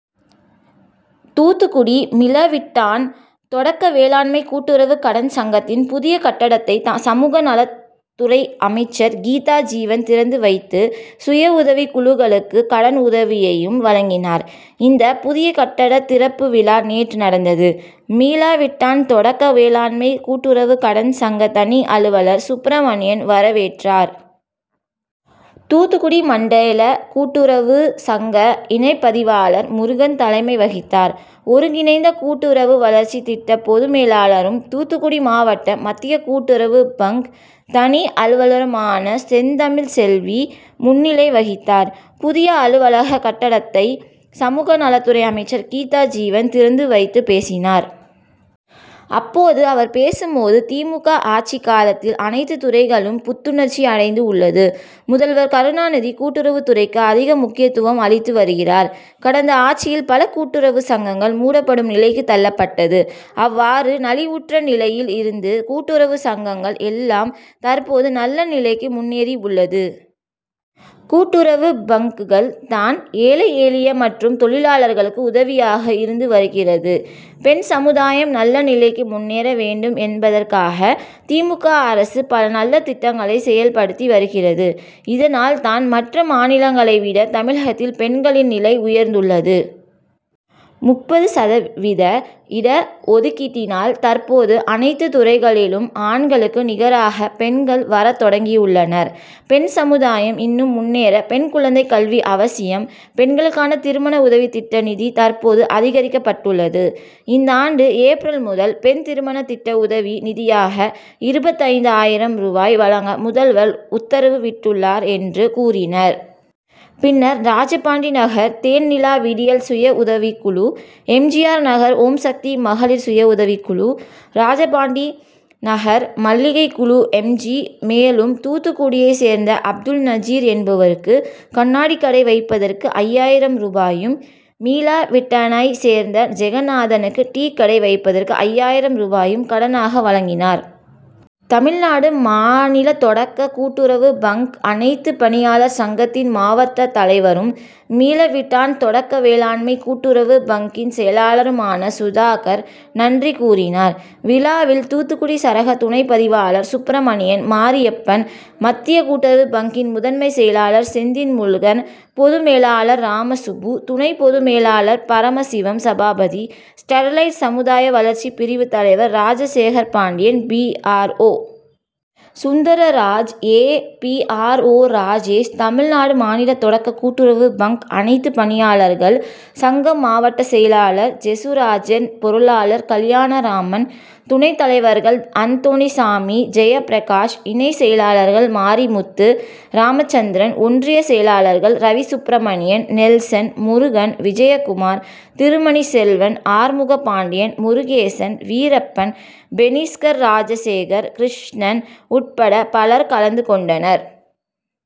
தூத்துக்குடி: மீளவிட்டான் தொட க்க வேளாண்மை கூட்டுறவு கடன் சங்கத்தின் புதிய கட்டடத்தை சமூக நலத்துறை அமைச்சர் கீதாஜீவன் திறந்து வைத்து சுய உதவி குழுக்களுக்கு கடன் உதவியையும் வழங்கினார். இந்த புதிய கட்ட திறப்பு விழா நேற்று நடந்தது. மீளவிட்டான் தொடக்க வேளாண்மை கூட்டுறவு கடன் சங்க தனி அலுவலர் சுப்பிரமணியன் வரவேற்றார். தூத்துக்குடி மண்டல கூட்டுறவு சங்க இணைப்பதிவாளர் முருகன் தலைமை வகித்தார். ஒருங்கிணைந்த கூட்டுறவு வளர்ச்சி திட்ட பொதுமேலாளரும் தூத்துக்குடி மாவட்ட மத்திய கூட்டுறவு பாங்க் தனி அலுவலருமான செந்தமிழ் செல்வி முன்னிலை வகித்தார். புதிய அலுவலக கட்டடத்தை சமூக நலத்துறை அமைச்சர் கீதாஜீவன் திறந்து வைத்து பேசினார். அப்போது அவர் பேசும்போது திமுக. ஆட்சி காலத்தில் அனைத்து துறைகளும் புத்துணர்ச்சி அடைந்து உள்ளது. முதல்வர் கருணாநிதி கூட்டுறவு துறைக்கு அதிக முக்கியத்துவம் அளித்து வருகிறார். கடந்த ஆட்சியில் பல கூட்டுறவு சங்கங்கள் மூடப்படும் நிலைக்கு தள்ளப்பட்டது. அவ்வாறு நலிவுற்ற நிலையில் இருந்த கூட்டுறவு சங்கங்கள் எல்லாம் தற்போது நல்ல நிலைக்கு முன்னேறி உள்ளது. கூட்டுறவு பாங்குகள் தான் ஏழை எளிய மற்றும் தொழிலாளர்களுக்கு உதவியாக இருந்து வருகிறது. பெண் சமுதாயம் நல்ல நிலைக்கு முன்னேற வேண்டும் என்பதற்காக திமுக. அரசு பல நல்ல திட்டங்களை செயல்படுத்தி வருகிறது. இதனால் தான் மற்ற மாநிலங்களை விட தமிழகத்தில் பெண்களின் நிலை உயர்ந்துள்ளது. முப்பது சதவீத இடஒதுக்கீட்டினால் தற்போது அனைத்து துறைகளிலும் ஆண்களுக்கு நிகராக பெண்கள் வரத்தொடங்கியுள்ளனர். பெண் சமுதாயம் இன்னும் முன்னேற பெண் குழந்தை கல்வி அவசியம். பெண்களுக்கான திருமண உதவி திட்ட நிதி தற்போது அதிகரிக்கப்பட்டுள்ளது. இந்தாண்டு ஏப்ரல் முதல் பெண் திருமண திட்ட உதவி நிதியாக இருபத்தைந்து ஆயிரம் ரூபாய் வழங்க முதல்வர் உத்தரவிட்டுள்ளார் என்று கூறினார். பின்னர் ராஜபாண்டி நகர் தேன்நிலா விடியல் சுய உதவி குழு M. G. R. Nagar Omsakthi மகளிர் சுய உதவி குழு ராஜபாண்டி நகர் மல்லிகை குழு எம். ஜி. மேலும் தூத்துக்குடியை சேர்ந்த அப்துல் நஜீர் என்பவருக்கு கண்ணாடி கடை வைப்பதற்கு ஐயாயிரம் ரூபாயும் மீளவிட்டானை சேர்ந்த ஜெகநாதனுக்கு டீ கடை வைப்பதற்கு ஐயாயிரம் ரூபாயையும் கடனாக வழங்கினார். தமிழ்நாடு மாநில தொடக்க கூட்டுறவு பாங்க் அனைத்து பணியாளர் சங்கத்தின் மாவட்ட தலைவரும் மீளவிட்டான் தொடக்க வேளா ண்மை கூட்டுறவு பாங்க்கின் செயலாளருமான சுதாகர் நன்றி கூறினார். விழாவில் தூத்துக்குடி சரக துணைப்பதிவாளர்கள் சுப்பிரமணியன் மாரியப்பன் மத்திய கூட்டுறவு பாங்கின் முதன்மை செயலாளர் செந்தில்முருகன் பொதுமேலாளர் ராமசுப்பு துணை பொதுமேலாளர்கள் பரமசிவம் சபாபதி ஸ்டெர்லைட் சமுதாய வளர்ச்சி பிரிவு தலைவர் ராஜசேகரபாண்டி பிஆர்ஓ. சுந்தர்ராஜ் ஏபிஆர்ஓ. ராஜேஷ் தமிழ்நாடு மாநில தொடக்க கூட்டுறவு பாங்க் அனைத்துப்பணியாளர்கள் சங்க மாவட்ட செயலாளர் ஜேசுராஜன் பொருளாளர் கல்யாணராமன் துணைத்தலைவர்கள் அந்தோணிசாமி ஜெயபிரகாஷ் இணைச் செயலாளர்கள் மாரிமுத்து ராமச்சந்திரன் ஒன்றிய செயலாளர்கள் ரவிசுப்பிரமணியன் நெல்சன் முருகன் விஜயகுமார் திருமணிச் செல்வம் ஆறுமுகபாண்டியன் முருகேசன் வீரப்பன் பெனிஸ்கர் ராஜசேகர் கிருஷ்ணன் உட்பட பலர் கலந்து கொண்டனர்.